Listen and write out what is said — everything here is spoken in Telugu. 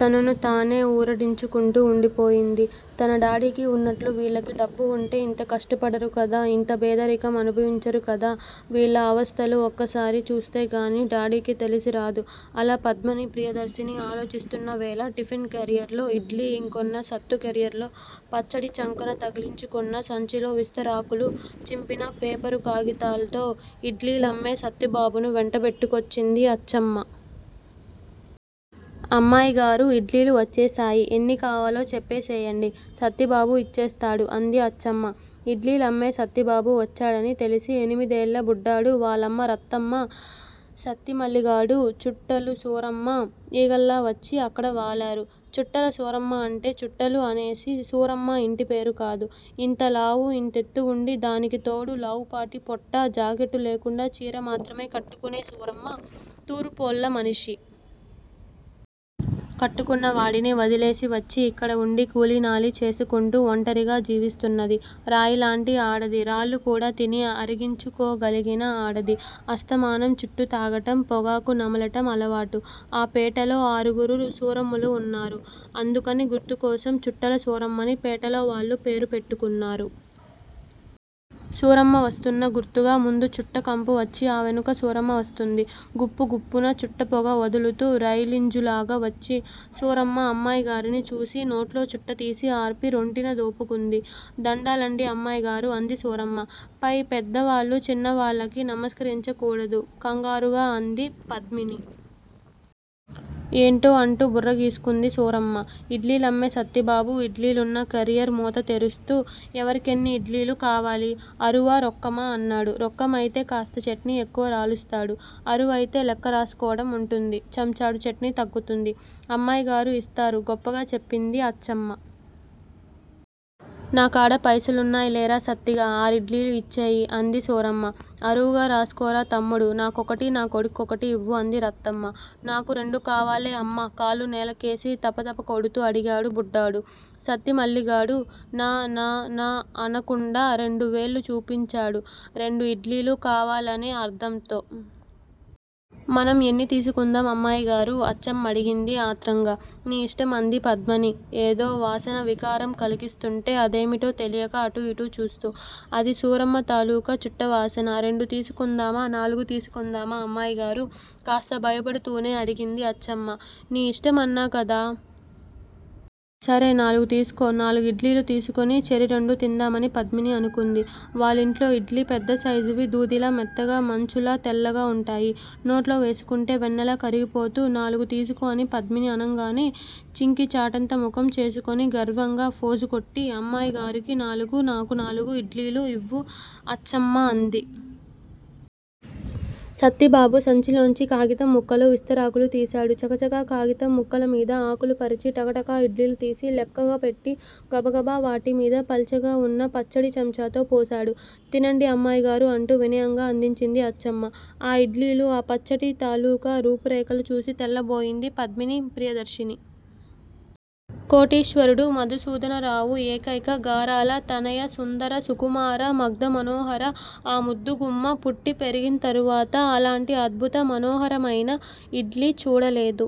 తనను తానే వూరడించుకుంటూ వుండిపోయింది. తన డాడీకి వున్నట్లు వీళ్ళకి డబ్బువుంటే ఇంత కష్టపడరు కదా! ఇంత బీదరికం అనుభవించరు కదా! వీళ్ళ అవస్థలు ఒక్కసారి చూస్తేగాని డాడీకి తెలిసిరాదు అలా పద్మిని ప్రియదర్శిని ఆలోచిస్తున్న వేళ టిఫిన్ క్యారియర్ లో ఇడ్లీలు ఇంకొన్ని సత్తు క్యారియర్ లో పచ్చడి చంకన తగిలించుకున్న సంచీలో విస్తరాకులు చింపిన పేపరు కాగితాలతో ఇడ్లీలమ్మే సత్తిబాబుని వెంటబెట్టుకొచ్చింది అచ్చమ్మ. అమ్మాయిగారూ! ఇడ్లీలు వచ్చేశాయి. ఎన్నికావాలో చెప్పేసేయండి. సత్తిబాబు ఇచ్చేస్తాడు అంది అచ్చమ్మ. ఇడ్లీలమ్మే సత్తిబాబు వచ్చాడని తెలిసి ఎనిమిదేళ్ళ బుడ్డాడు వాళ్ళమ్మ రత్తమ్మ, సత్తిమల్లిగాడు, చుట్టల సూరమ్మ ఈగల్లావచ్చి అక్కడ వాలారు. చుట్టల సూరమ్మ అంటే చుట్టలు అనేసి సూరమ్మ ఇంటిపేరు కాదు. ఇంతలావు ఇంతెత్తువుండి దానికితోడు లావుపాటిపొట్ట జాకెట్ లేకుండా చీరమాత్రమే కట్టుకునే సూరమ్మ తూరుపోళ్ళమనిషి. కట్టుకున్న వాడిని వదిలేసివచ్చి ఇక్కడ వుండి కూలినాలి చేసుకుంటూ ఒంటరిగా జీవిస్తున్నది. రాయిలాంటి ఆడది రాళ్ళు కూడా తిని అరించుకోగలిగిన ఆడది. అస్తమానం చుట్టు తాగటం, పొగాకు నమలటం అలవాటు. ఆ పేటలో ఆరుగురు సూరమ్మలు ఉన్నారు. అందుకని గుర్తుకోసం చుట్టల సూరమ్మని పేటలో వాళ్ళు పేరు పెట్టుకున్నారు. సూరమ్మ వస్తున్న గుర్తుగా ముందు చుట్ట కంపు వచ్చి ఆ వెనుక సూరమ్మ వస్తుంది. గుప్పు గుప్పున చుట్టపొగ వదులుతూ రైలింజనులాగ వచ్చి సూరమ్మ అమ్మాయిగారిని చూసి నోట్లో చుట్టతీసి ఆర్పి రొంటిన దోపుకుంది. దండాలండీ అమ్మాయిగారూ! అంది సూరమ్మ. పె పెద్దవాళ్ళు చిన్నవాళ్ళకి నమస్కరించకూడదు కంగారుగా అంది పద్మిని. ఏంటో అంటూ బుర్రగీసుకుంది సూరమ్మ. ఇడ్లీలమ్మే సత్తిబాబు ఇడ్లీలున్న క్యారియర్ మూత తెరుస్తూ ఎవరికెన్ని ఇడ్లీలు కావాలి. అరువా, రొక్కమా అన్నాడు. రొక్కమయితే కాస్త చట్నీ ఎక్కువ రాలుస్తాడు. అరువయితే లెక్క రాసుకోటం వుంటుంది. చంచాడు చట్నీ తగ్గుతుంది. అమ్మాయిగారు ఇస్తారు గొప్పగా చెప్పింది అచ్చమ్మ. నా కాడ పైసలున్నయిలేరా సత్తిగా! ఆరిడ్డిలీలు ఇచ్చేయి అంది సూరమ్మ. అరువు రాసుకోరా తమ్ముడూ! నాకొకటి నా కొడుకు కొకటి ఇవ్వు అంది రత్తమ్మ. నాకు రెండు కావాలే అమ్మా కాళ్ళు నేలకేసి తపతపకొడుతూ అడిగాడు బుడ్డాడు. సత్తి మల్లిగాడు న న న అనకుండా రెండు వేళ్ళు చూపించాడు రెండు ఇడ్లీలు కావాలనే అర్ధంతో. మనం ఎన్ని తీసుకుందాం అమ్మాయిగారూ అచ్చమ్మడిగింది ఆత్రంగ. నీ ఇష్టం అంది పద్మిని ఏదో వాసన వికారం కలిగిస్తుంటే అదేమిటో తెలియక అటు ఇటు చూస్తూ. అది సూరమ్మ తాలూకా చుట్టవాసన. రెండు తీసుకుందామా నాలుగు తీసుకుందామా అమ్మాయిగారూ! కాస్త భయపడుతూనే అడిగింది అచ్చమ్మ. నీ ఇష్టమన్నా కదా! సరే నాలుగు తీసుకో నాలుగు ఇడ్లీలు తీసుకుని చెరి రెండూ తిందామని పద్మిని అనుకుంది. వాళ్ళింట్లో ఇడ్లీ పెద్ద సైజువి దూదిలా మెత్తగా మంచులా తెల్లగా వుంటాయి. నోట్లో వేసుకుంటే వెన్నలా కరిగిపోతూ నాలుగు తీసుకో అని పద్మిని అనంగానే చింకి చాటంత ముఖం చేసుకుని గర్వంగా ఫోజుకొట్టి అమ్మాయిగారికి నాలుగు నాకు నాలుగు ఇడ్లీలు ఇవ్వు అచ్చమ్మ అంది. సత్తిబాబు సంచిలోంచి కాగితం ముక్కలు విస్తరాకులు తీశాడు. చకచక కాగితం ముక్కలమీద ఆకులు పరిచి టకటక ఇడ్లీలు తీసి లెక్కగపెట్టి గబగబ వాటిమీద పల్చగవున్న పచ్చడి చంచాతో పోశాడు. తినండి అమ్మాయిగారూ అంటూ వినయంగా అందించింది అచ్చమ్మ. ఆ ఇడ్లీలు ఆ పచ్చటి తాలూకా రూపురేఖలు చూసి తెల్లబోయింది పద్మిని ప్రియదర్శిని. కోటీశ్వరుడు మధుసూదనరావు ఏకైక గారాల తనయ సుందర సుకుమార ముగ్ధమనోహర ఆ ముద్దుగుమ్మ పుట్టి పెరిగింతరువాత అలాంటి అద్భుత మనోహరమైన ఇడ్లీ చూడలేదు.